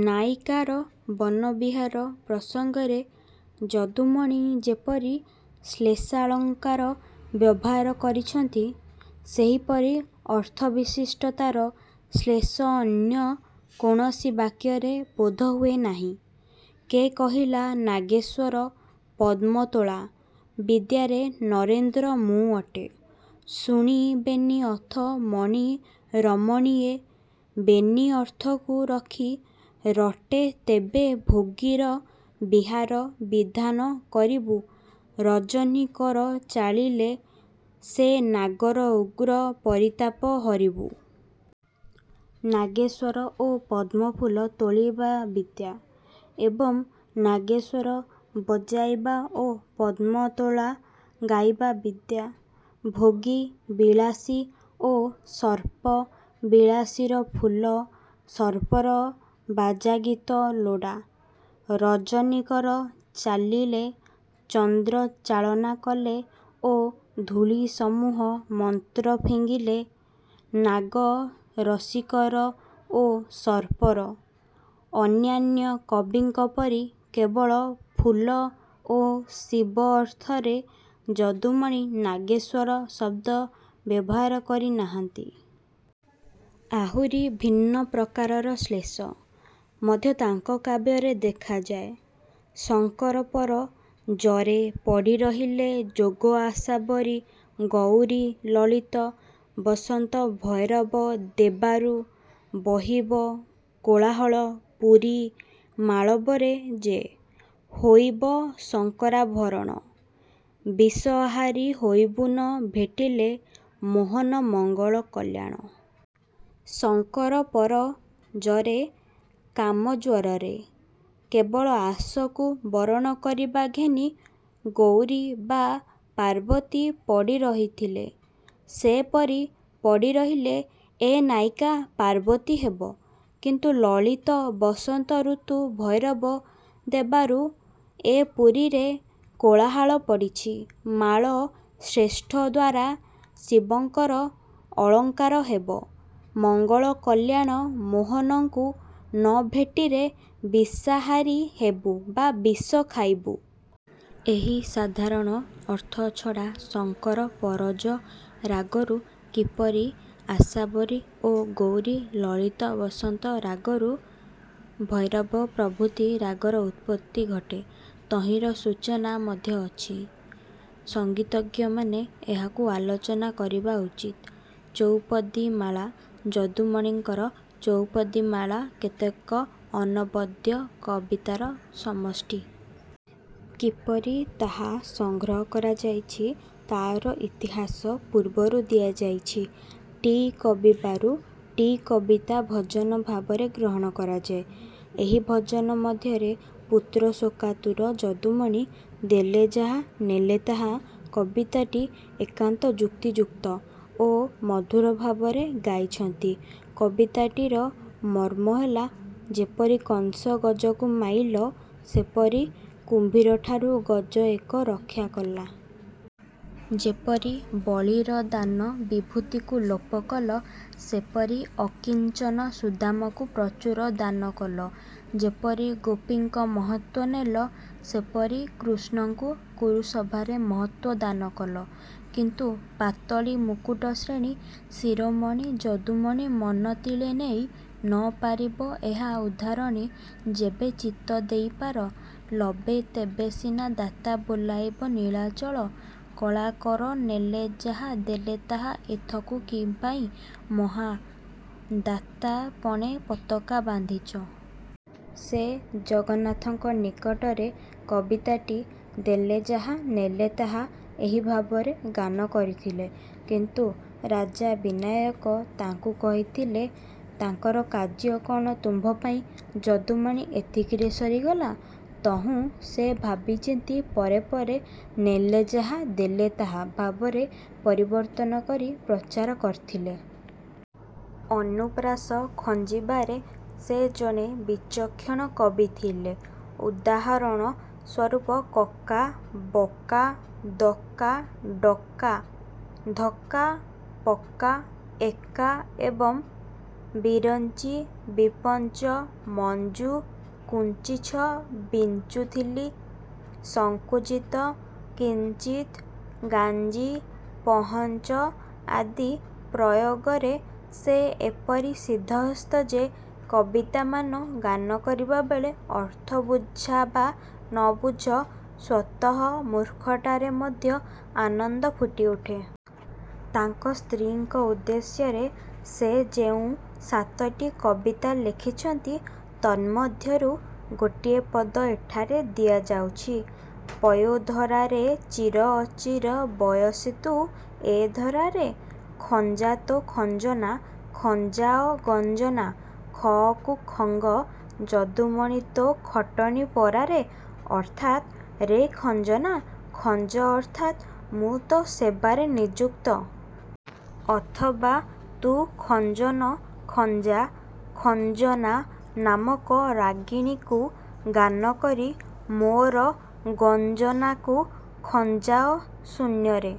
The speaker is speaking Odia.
'ନାୟିକାର ବନବିହାର ପ୍ରସଙ୍ଗରେ ଯଦୁମଣି ଯେପରି ଶ୍ଳେଷାଳଙ୍କାର ବ୍ୟବହାର କରିଅଛନ୍ତି, ସେପରି ଅର୍ଥ- ବିଶିଷ୍ଟତାର ଶ୍ଲେଷ ଅନ୍ୟ କୌଣସି କାବ୍ୟରେ ବୋଧହୁଏ ନାହିଁ। କେ କହିଲା ନାଗେଶ୍ୱର ପଦ୍ମତୋଳା ବିଦ୍ୟାରେ ନରେନ୍ଦ୍ର ମୁଁ ଅଟେ ଶୁଣି ବେନି ଅଥ ମଣି ରମଣୀଏ ବେନି ଅର୍ଥକୁ ରଖି ରଟେ ତେବେ ଭୋଗୀର ବିହାର ବିଧାନ କରିବୁ ରଜନୀ କର ଚାଳିଲେ ସେ ନାଗର ଉଗ୍ର ପରିତାପ ହରିବୁ। ''ନାଗେଶ୍ୱର ଓ ପଦ୍ମଫୁଲ ତୋଳିବା ବିଦ୍ୟା ଏବଂ ନାଗେଶ୍ୱର ବଜାଇବା ଓ ପଦ୍ମତୋଳା ଗାଇବା ବିଦ୍ୟା। ଭୋଗୀ−ବିଳାସୀ ଓ ସର୍ପ, ବିଳାସୀର ଫୁଲ, ସର୍ପର ବାଜାଗୀତ ଲୋଡ଼ା। ରଜନୀକର ଚାଲିଲେ-ଚନ୍ଦ୍ର ଚାଳନା କଲେ ଓ ଧୂଳି ସମୂହ ମନ୍ତ୍ର ଫିଙ୍ଗିଲେ। ନାଗ−ରସିକର ଓ ସର୍ପର। ''ଅନ୍ୟାନ୍ୟ କବିଙ୍କ ପରି କେବଳ ଫୁଲ ଓ ଶିବ ଅର୍ଥରେ ଯଦୁମଣି 'ନାଗେଶ୍ୱର' ଶବ୍ଦ ବ୍ୟବହାର କରି ନାହାନ୍ତି। ଆହୁରି ଭିନ୍ନ ପ୍ରକାରର ଶ୍ଲେଷ। ମଧ୍ୟ ତାଙ୍କ କାବ୍ୟରେ ଦେଖାଯାଏ। ଶଙ୍କର ପର−ଜରେ ପଡ଼ିରହିଲେ ଯୋଗ ଆଶାବରୀ ଗଉରୀ ଲଳିତ ବସନ୍ତ ଭୈରବ ଦେବାରୁ ବହିବ କୋଳାହଳ ପୁରୀ ମାଳବରେ ଯେ, ହୋଇବ ଶଙ୍କରାଭରଣ ବିଷ ଆହାରି ହୋଇବୁ ନ ଭେଟିଲେ ମୋହନ ମଙ୍ଗଳ କଲ୍ୟାଣ! ଶଙ୍କରପର−ଜରେ−କାମଜ୍ୱରରେ, କେବଳ ଆଶକୁ ବରଣ କରିବା ଘେନି ଗୌରୀ ବା ପାର୍ବତୀ ପଡ଼ି ରହିଥିଲେ। ସେପରି ପଡ଼ି ରହିଲେ ଏ ନାୟିକା ପାର୍ବତୀ ହେବ। କିନ୍ତୁ ଲଳିତ ବସନ୍ତ ଋତୁ ଭୈରବ ଦେବାରୁ ଏ ପୁରୀରେ କୋଳାହଳ ପଡ଼ିଛି। ମାଳ−ଶ୍ରେଷ୍ଠଦ୍ୱାରା ଶିବଙ୍କର ଅଳଙ୍କାର ହେବ। ମଙ୍ଗଳ କଲ୍ୟାଣ ମୋହନଙ୍କୁ ନ ଭେଟିରେ ବିଷାହାରୀ ହେବୁ ବା ବିଷ ଖାଇବୁଁ। ଏହି ସାଧାରଣ ଅର୍ଥ ଛଡ଼ା ଶଙ୍କର ପରଜ ରାଗରୁ କିପରି ଆଶାବରୀ ଓ ଗୌରୀ, ଲଳିତ ବସନ୍ତ ରାଗରୁ ଭୈରବ ପ୍ରଭୃତି ରାଗର ଉତ୍ପତ୍ତି ଘଟେ, ତହିଁର ସୂଚନା ମଧ୍ୟ ଅଛି। ସଙ୍ଗୀତଜ୍ଞମାନେ ଏହାକୁ ଆଲୋଚନା କରିବା ଉଚିତ। " ଚଉପଦୀମାଳା ଯଦୁମଣିଙ୍କର ଚଉପଦୀମାଳା କେତେକ ଅନବଦ୍ୟ କବିତାର ସମଷ୍ଟି। କିପରି ତାହା ସଂଗ୍ରହ କରାଯାଇଛି ତାର ଇତିହାସ ପୂର୍ବରୁ ଦିଆଯାଇଛି। ଟି କବିବାରୁ ଟି କବିତା ଭଜନ ଭାବରେ ଗ୍ରହଣ କରାଯାଏ। ଏହି ଭଜନ ମଧ୍ୟରେ ପୁତ୍ରଶୋକାତୁର ଯଦୁମଣି 'ଦେଲ ଯାହା ନେଲ ତାହା' କବିତାଟି ଏକାନ୍ତ ଯୁକ୍ତିଯୁକ୍ତ ଓ ମଧୁର ଭାବରେ ଗାଇଛନ୍ତି। କବିତାଟିର ମର୍ମ୍ମହେଲା- ଯେପରି କଂସ ଗଜକୁ ମାଇଲ, ସେପରି କୁମ୍ଭୀରଠାରୁ ଗଜ ଏକ ରକ୍ଷା କଲା। ଯେପରି ବଳୀର ଦାନ ବିଭୂତିକୁ ଲୋପକଲ, ସେପରି ଅକିଞ୍ଚନ ସୁଦାମକୁ ପ୍ରଚୁର ଦାନକଲ। ଯେପରି ଗୋପୀଙ୍କ ମହତ୍ୱ ନେଲ, ସେପରି କୃଷ୍ଣାଙ୍କୁ କୁରୁସଭାରେ ମହତ୍ୱ ଦାନକଲ। କିନ୍ତୁ- ପାତଳୀ ମୁକୁଟ ଶ୍ରେଣୀ ଶିରୋମଣି ଯଦୁମଣି ମନ ତିଳେ ନେଇ ନ ପାରିବ ଏହା ଉଦ୍ଧାରଣେ ଯେବେ ଚିତ୍ତ ଦେଇପାର ଲବେ ତେବେସିନା ଦାତା ବୋଲାଇବ ନୀଳାଚଳ କଳାକର ନେଲ ଯାହା ଦେଲେ ତାହା ଏଥକୁ କିପାଇଁ ମହା− ଦାତା ପଣେ ପତକା ବାନ୍ଧିଛ? ସେ ଜଗନ୍ନାଥଙ୍କ ନିକଟରେ କବିତାଟି ଦେଲ ଯାହା ନେଲ ତାହା ଏହି ଭାବରେ ଗାନ କରିଥିଲେ। କିନ୍ତୁ ରାଜା ବିନାୟକ ତାଙ୍କୁ କହିଥିଲେ, ତାଙ୍କର କାର୍ଯ୍ୟ କ'ଣ ତୁମ୍ଭପାଇଁ ଯଦୁମଣି ଏତିକିରେ ସରିଗଲା? ତହୁଁ ସେ ଭାବିଚିନ୍ତି ପରେ ପରେ ''ନେଲ ଯାହା−ଦେଲ ତାହା" ଭାବରେ ପରିବର୍ତ୍ତନ କରି ପ୍ରଚାର କରିଥିଲେ। ଅନୁପ୍ରାସ ଖଞ୍ଜିବାରେ ସେ ଜଣେ ବିଚକ୍ଷଣ କବି ଥିଲେ। ଉଦାହରଣ ସୂରୁପ କକା, ବକା, ଦକା ଡକା ଧକ୍କା, ପକ୍କା, ଏକା ଏବଂ ବିରଞ୍ଚି, ବିପଞ୍ଚ, ମଞ୍ଚୁ, କୁଞ୍ଚିଚ୍ଛ, ବିଂଚୁଥିଲି, ସଂକୁଚିତ, କିଂଚିତ, ଗାଞ୍ଚି ପହଞ୍ଚ ଆଦି ପ୍ରୟୋଗ ରେ ସେ ଏପରି ସିଦ୍ଧହସ୍ତ ଯେ କବିତାମାନ ଗାନକରିବାବେଳେ ଅର୍ଥ ବୁଝାବା ନବୁଝ ସ୍ୱତଃ ମୁର୍ଖଠାରେ ମଧ୍ୟ ଆନନ୍ଦ ଫୁଟିଉଠେ। ତାଙ୍କ ସ୍ତ୍ରୀଙ୍କ ଉଦ୍ଦେଶ୍ୟରେ ସେ ଯେଉଁ ସାତଟି କବିତା ଲେଖିଛନ୍ତି, ତନ୍ମଧ୍ୟରୁ ଗୋଟିଏ ପଦ ଏଠାରେ ଦିଆଯାଉଛି। ପୟୋଧରାରେ ଚିର ଅଚିର ବୟସୀ ତୁ ଏ ଧରାରେ। ଖଞ୍ଜା ତୋ ଖଞ୍ଜନା ଖଞ୍ଜାଅ ଗଞ୍ଜନା ଖକୁ ଖଙ୍ଗ ଯଦୁମଣି ତୋ ଖଟଣି ପରାରେ। ଅର୍ଥାତ ରେ ଖଞ୍ଜନା ଖଞ୍ଜ ଅର୍ଥାତ୍ ମୁଁ ତୋ ସେବାରେ ନିଯୁକ୍ତ-। ଅଥବା ତୁ ଖଞ୍ଜନ ଖଞ୍ଜା-ଖଞ୍ଜନା ନାମକ ରାଗିଣୀକୁ ଗାନକରି, ମୋର ଗଞ୍ଜନାକୁ ଖଞ୍ଜାଅ-ଶୂନ୍ୟରେ।